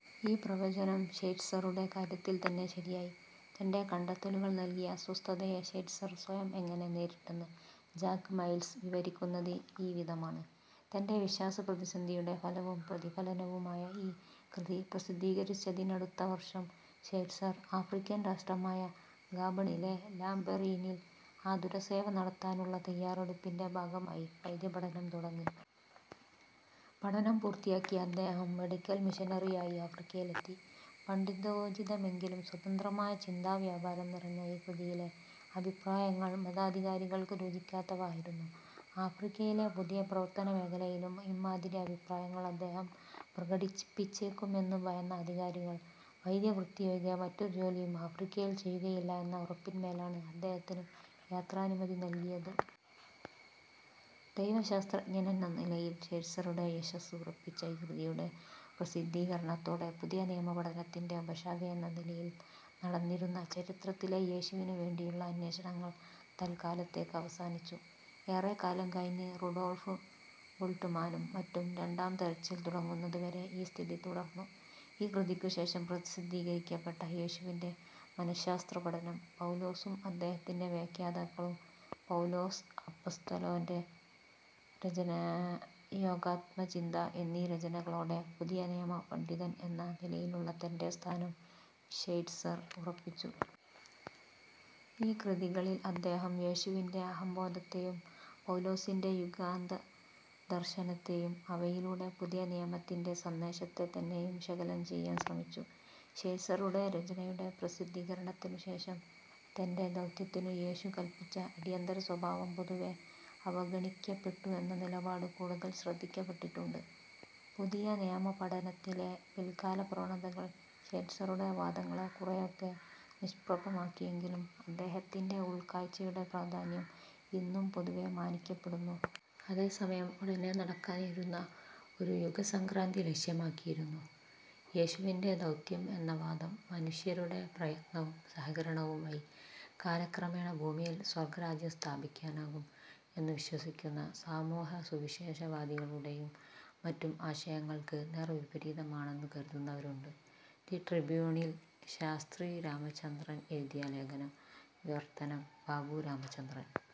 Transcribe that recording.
ഈ പ്രവചനം ഷ്വൈറ്റ്സറുടെ കാര്യത്തിൽ തന്നെ ശരിയായി. തന്റെ കണ്ടെത്തലുകൾ നൽകിയ അസ്വസ്തതയെ ഷ്വൈറ്റ്സർ സ്വയം എങ്ങനെ നേരിട്ടെന്ന് ജാക്ക് മൈൽസ് വിവരിക്കുന്നത് ഈ വിധമാണ്:- തന്റെ വിശ്വാസപ്രതിസന്ധിയുടെ ഫലവും പ്രതിഫലനവുമായ ഈ കൃതി പ്രസിദ്ധീകരിച്ചതിനടുത്ത വർഷം ഷ്വൈറ്റ്സർ, ആഫ്രിക്കൻ രാഷ്ട്രമായ ഗാബണിലെ ലാംബറീനിൽ ആതുരസേവ നടത്താനുള്ള തയ്യാറെടുപ്പിന്റെ ഭാഗമായി വൈദ്യപഠനം തുടങ്ങി. പഠനം പൂർത്തിയാക്കിയ അദ്ദേഹം "മെഡിക്കൽ മിഷനറി" ആയി ആഫ്രിക്കയിലെത്തി. പണ്ഡിതോചിതമെങ്കിലും സ്വതന്ത്രമായ ചിന്താവ്യാപാരം നിറഞ്ഞ ഈ കൃതിയിലെ അഭിപ്രായങ്ങൾ മതാധികാരികൾക്കു രുചിക്കാത്തവ ആയിരുന്നു. ആഫ്രിക്കയിലെ പുതിയ പ്രവർത്തനമേഖലയിലും ഇമ്മാതിരി അഭിപ്രായങ്ങൾ അദ്ദേഹം പ്രകടിപ്പിച്ചേക്കുമെന്നു ഭയന്ന അധികാരികൾ, വൈദ്യവൃത്തിയൊഴികെ മറ്റൊരു ജോലിയും ആഫ്രിക്കയിൽ ചെയ്യുകയില്ല എന്ന ഉറപ്പിന്മേലാണ് അദ്ദേഹത്തിനു യാത്രാനുമതി നൽകിയത്. ദൈവശാസ്ത്രജ്ഞനെന്ന നിലയിൽ ഷ്വൈറ്റ്സറുടെ യശ്ശഃസ് ഉറപ്പിച്ച ഈ കൃതിയുടെ പ്രസിദ്ധീകരണത്തോടെ, പുതിയനിയമപഠത്തിന്റെ ഉപശാഖയെന്ന നിലയിൽ നടന്നിരുന്ന ചരിത്രത്തിലെ യേശുവിനു വേണ്ടിയുള്ള അന്വേഷണങ്ങൾ തൽക്കാലത്തേക്ക് അവസാനിച്ചു. ഏറെക്കാലം കഴിഞ്ഞ് റുഡോൾഫ് ബുൾട്ട്മാനും മറ്റും "രണ്ടാം തെരച്ചിൽ" തുടങ്ങുന്നതു വരെ ഈ സ്ഥിതി തുടർന്നു. ഈ കൃതിക്കു ശേഷം പ്രസിദ്ധീകരിക്കപ്പെട്ട "യേശുവിന്റെ മനഃശാസ്ത്രപഠനം", "പൗലോസും അദ്ദേഹത്തിന്റെ വ്യാഖ്യാതാക്കളും", "പൗലോസ് അപ്പസ്തോലന്റെ യോഗാത്മചിന്ത" എന്നീ രചനകളോടെ പുതിയനിയമപണ്ഡിതൻ എന്ന നിലയിലുള്ള തന്റെ സ്ഥാനം ഷ്വൈറ്റ്സർ ഉറപ്പിച്ചു. ഈ കൃതികളിൽ അദ്ദേഹം, യേശുവിന്റെ അഹംബോധത്തേയും, പൗലോസിന്റെ യുഗാന്തദർശനത്തേയും അവയിലൂടെ പുതിയനിയമത്തിന്റെ സന്ദേശത്തെ തന്നെയും വിശകലനം ചെയ്യാൻ ശ്രമിച്ചു. ഷ്വൈറ്റ്സറുടെ രചനയുടെ പ്രസിദ്ധീകരണത്തിനു ശേഷം, തന്റെ ദൗത്യത്തിനു യേശു കല്പിച്ച 'അടിയന്തരസ്വഭാവം' പൊതുവേ അവഗണിക്കപ്പെട്ടു എന്ന നിലപാട് കൂടുതൽ ശ്രദ്ധിക്കപ്പെട്ടിട്ടുണ്ട്. പുതിയനിയമപഠനത്തിലെ പിൽക്കാലപ്രവണതകൾ ഷ്വൈറ്റ്സറുടെ വാദങ്ങളെ കുറെയൊക്കെ നിഷ്പ്രഭമാക്കിയെങ്കിലും അദ്ദേഹത്തിന്റെ ഉൾക്കാഴ്ചയുടെ പ്രാധാന്യം ഇന്നും പൊതുവേ മാനിക്കപ്പെടുന്നു. അതേസമയം, ഉടനേ നടക്കാനിരുന്ന ഒരു യുഗസംക്രാന്തി ലക്ഷ്യമാക്കിയായിരുന്നു യേശുവിന്റെ ദൗത്യം എന്ന വാദം, മനുഷ്യരുടെ പ്രയത്നവും സഹകരണവും വഴി കാലക്രമേണ ഭൂമിയിൽ സ്വർഗ്ഗരാജ്യം സ്ഥാപിക്കാനാകും എന്നു വിശ്വസിക്കുന്ന സാമൂഹ്യ സുവിശേഷവാദികളുടേയും മറ്റും ആശയങ്ങൾക്ക് നേർവിപരീതമാണെന്നു കരുതുന്നവരുണ്ട്. ദി ട്രിബ്യൂണിൽ ശാസ്ത്രി രാമചന്ദ്രൻ എഴുതിയ ലേഖനം. വിവർത്തനം: ബാബു രാമചന്ദ്രൻ.